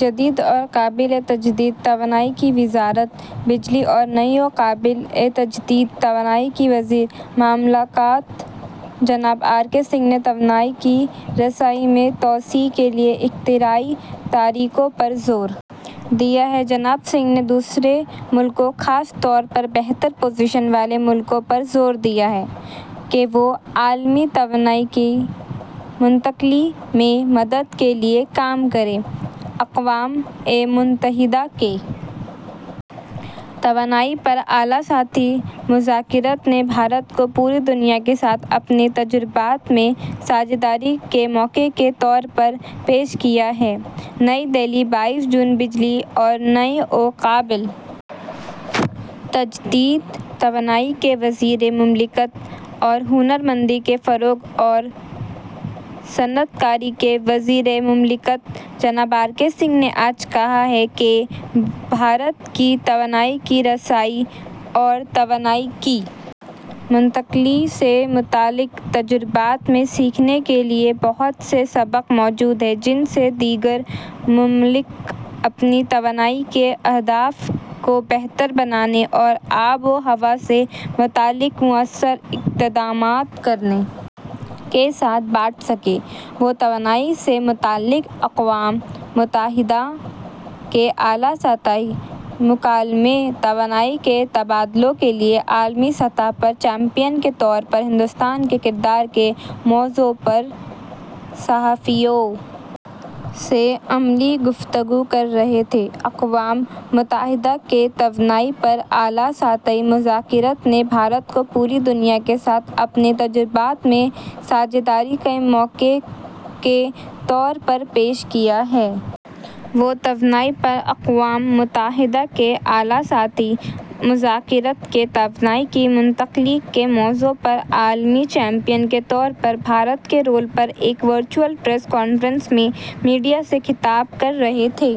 جدید اور قابل تجدید توانائی کی وزارت بجلی اور نئی و قابل تجدید توانائی کے وزیر مملکت جناب آر کے سنگھ نے توانائی کی رسائی میں توسیع کے لیے اختراعی طریقوں پر زور دیا ہے جناب سنگھ نے دوسرے ملکوں خاص طور پر بہتر پوزیشن والے ملکوں پر زور دیا ہے کہ وہ عالمی توانائی کی منتقلی میں مدد کے لیے کام کریں اقوام متحدہ کے توانائی پر اعلیٰ سطحی مذاکرات نے بھارت کو پوری دنیا کے ساتھ اپنے تجربات میں ساجھیداری کے موقع کے طور پر پیش کیا ہے نئی دہلی بائیس جون بجلی اور نئی و قابل تجدید توانائی کے وزیر مملکت اور ہنر مندی کے فروغ اور صنعت کاری کے وزیر مملکت جناب آر کے سنگھ نے آج کہا ہے کہ بھارت کی توانائی کی رسائی اور توانائی کی منتقلی سے متعلق تجربات میں سیکھنے کے لیے بہت سے سبق موجود ہیں جن سے دیگر ممالک اپنی توانائی کے اہداف کو بہتر بنانے اور آب و ہوا سے متعلق موثر اقدامات کرنے کے ساتھ بانٹ سکے وہ توانائی سے متعلق اقوام متحدہ کے اعلیٰ سطحی مکالمے توانائی کے تبادلوں کے لیے عالمی سطح پر چیمپئن کے طور پر ہندوستان کا کردار کے موضوع پر صحافیوں سے عملی گفتگو کر رہے تھے اقوام متحدہ کے توانائی پر اعلیٰ سطحی مذاکرات نے بھارت کو پوری دنیا کے ساتھ اپنے تجربات میں ساجھیداری کے موقع کے طور پر پیش کیا ہے وہ توانائی پر اقوام متحدہ کے اعلیٰ سطحی مذاکرات کے توانائی کی منتقلی کے موضوع پر عالمی چیمپئن کے طور پر بھارت کے رول پر ایک ورچوئل پریس کانفرنس میں میڈیا سے خطاب کر رہے تھے